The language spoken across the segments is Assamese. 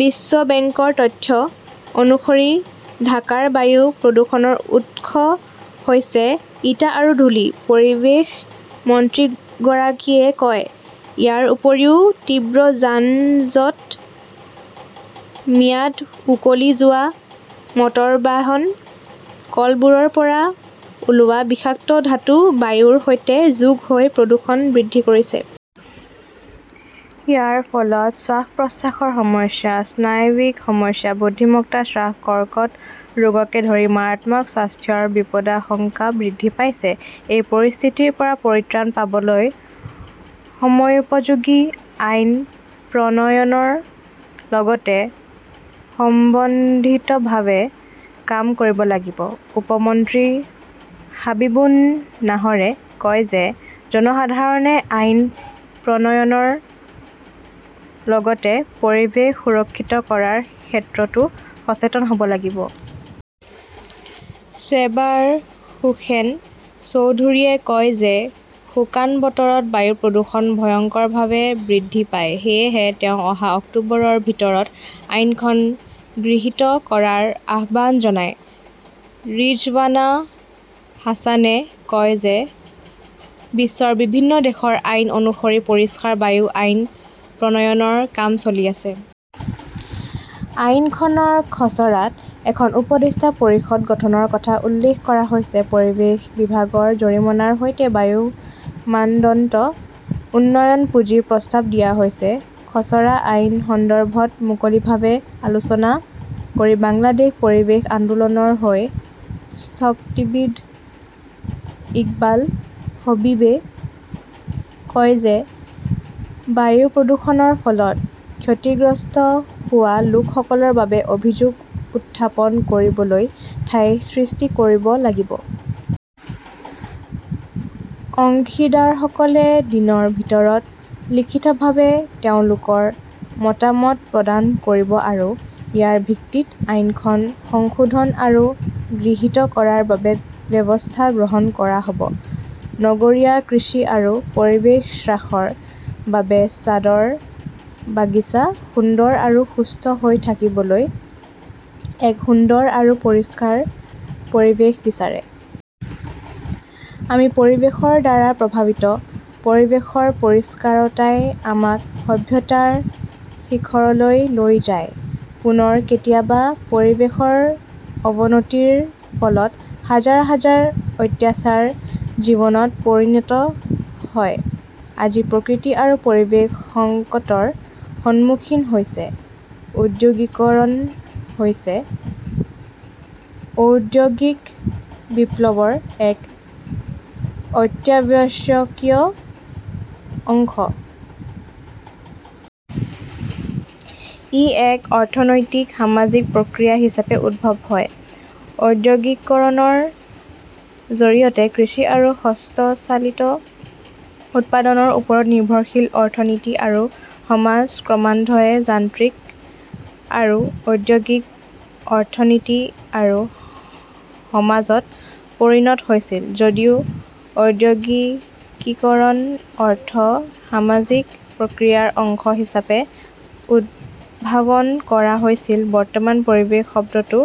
বিশ্ব বেংকৰ তথ্য অনুসৰি ঢাকাৰ বায়ু প্ৰদূষণৰ উৎস হৈছে ইটা আৰু ধূলি, পৰিৱেশ মন্ত্ৰীগৰাকীয়ে কয়। ইয়াৰ উপৰিও তীব্ৰ যান-জঁট, ম্যাদ উকলি যোৱা মটৰ বাহন, কলবোৰৰ পৰা ওলোৱা বিষাক্ত ধাতু বায়ুৰ সৈতে যোগ হৈ প্ৰদূষণ বৃদ্ধি কৰিছে। ইয়াৰ ফলত শ্বাস-প্ৰশ্বাসৰ সমস্যা, স্নায়ৱিক সমস্যা, বুদ্ধিমত্তা হ্ৰাস, কৰ্কট ৰোগকে ধৰি মাৰাত্মক স্বাস্থ্যৰ বিপদাশংকা বৃদ্ধি পাইছে। এই পৰিস্থিতিৰ পৰা পৰিত্ৰাণ পাবলৈ সময়োপযোগী আইন প্ৰণয়নৰ লগতে সমন্বিতভাৱে কাম কৰিব লাগিব। উপ মন্ত্ৰী হাবিবুন নাহৰে কয় যে, জনসাধাৰণে আইন প্ৰণয়নৰ লগতে পৰিৱেশ সুৰক্ষিত কৰাৰ ক্ষেত্ৰতো সচেতন হ'ব লাগিব। শ্বেবাৰ হোসেন চৌধুৰীয়ে কয় যে শুকান বতৰত বায়ু প্ৰদূষণ ভয়ংকৰভাৱে বৃদ্ধি পায়। সেয়েহে তেওঁ অহা অক্টোবৰৰ ভিতৰত আইনখন গৃহীত কৰাৰ আহ্বান জনায়। ৰিজৱানা হাছানে কয় যে, বিশ্বৰ বিভিন্ন দেশৰ আইন অনুসৰি পৰিষ্কাৰ বায়ু আইন প্ৰণয়নৰ কাম চলি আছে। আইনখনৰ খচৰাত এখন 'উপদেষ্টা পৰিষদ' গঠনৰ কথা উল্লেখ কৰা হৈছে। পৰিৱেশ বিভাগৰ জৰিমনাৰ সৈতে বায়ু মানদণ্ড উন্নয়ন পুঁজিৰ প্ৰস্তাৱ দিয়া হৈছে। খচৰা আইন সন্দৰ্ভত মুকলিভাৱে আলোচনা কৰি বাংলাদেশ পৰিৱেশ আন্দোলনৰ হৈ স্থপতিবিদ ইকবাল হবীবে কয় যে, বায়ু প্ৰদূষণৰ ফলত ক্ষতিগ্ৰস্ত হোৱা লোকসকলৰ বাবে অভিযোগ উত্থাপন কৰিবলৈ ঠাই সৃষ্টি কৰিব লাগিব। অংশীদাৰসকলে দিনৰ ভিতৰত লিখিতভাৱে তেওঁলোকৰ মতামত প্ৰদান কৰিব আৰু ইয়াৰ ভিত্তিত আইনখন সংশোধন আৰু গৃহীত কৰাৰ বাবে ব্যৱস্থা গ্ৰহণ কৰা হ 'ব। নগৰীয়া কৃষি আৰু পৰিৱেশ হ্ৰাসৰ বাবে ছাদৰ বাগিচা সুন্দৰ আৰু সুস্থ হৈ থাকিবলৈ এক সুন্দৰ আৰু পৰিষ্কাৰ পৰিৱেশ বিচাৰে। আমি পৰিৱেশৰ দ্বাৰা প্ৰভাৱিত। পৰিৱেশৰ পৰিষ্কাৰতাই আমাক সভ্যতাৰ শিখৰলৈ লৈ যায়। পুনৰ কেতিয়াবা পৰিৱেশৰ অৱনতিৰ ফলত হাজাৰ হাজাৰ অত্যাচাৰ জীৱনত পৰিণত হয়। আজি প্ৰকৃতি আৰু পৰিৱেশ সংকটৰ সন্মুখীন হৈছে। ঔদ্যোগিকৰণ হৈছে ঔদ্যোগিক বিপ্লৱৰ এক অত্যাৱশ্যকীয় অংশ। ই এক অৰ্থনৈতিক, সামাজিক প্ৰক্ৰিয়া হিচাপে উদ্ভৱ হয়। ঔদ্যোগিকৰণৰ জৰিয়তে কৃষি আৰু হস্তচালিত উৎপাদনৰ ওপৰত নিৰ্ভৰশীল অৰ্থনীতি আৰু সমাজ ক্ৰমান্বয়ে যান্ত্ৰিক আৰু ঔদ্যোগিক অৰ্থনীতি আৰু সমাজত পৰিণত হৈছিল। যদিও ঔদ্যোগিকীকৰণ অৰ্থ-সামাজিক প্ৰক্ৰিয়াৰ অংশ হিচাপে উদ্ভাৱন কৰা হৈছিল, বৰ্তমান পৰিৱেশ শব্দটো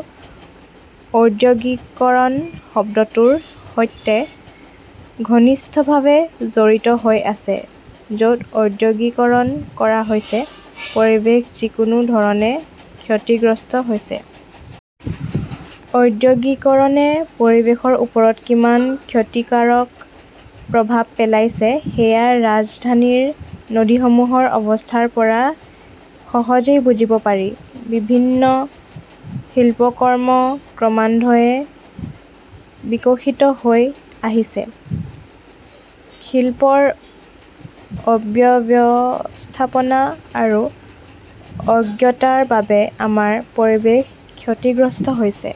ঔদ্যোগিকৰণ শব্দটোৰ সৈতে ঘনিষ্ঠভাৱে জড়িত হৈ আছে, য 'ত ঔদ্যোগিকৰণ কৰা হৈছে, পৰিৱেশ যিকোনো ধৰণে ক্ষতিগ্ৰস্ত হৈছে। ঔদ্যোগিকৰণে পৰিৱেশৰ ওপৰত কিমান ক্ষতিকাৰক প্ৰভাৱ পেলাইছে সেয়া ৰাজধানীৰ নদীসমূহৰ অৱস্থাৰ পৰা সহজেই বুজিব পাৰি। বিভিন্ন শিল্পকৰ্ম ক্ৰমান্বয়ে বিকশিত হৈ আহিছে। শিল্পৰ অব্যৱস্থাপনা আৰু অজ্ঞতাৰ বাবে আমাৰ পৰিৱেশ ক্ষতিগ্ৰস্ত হৈছে।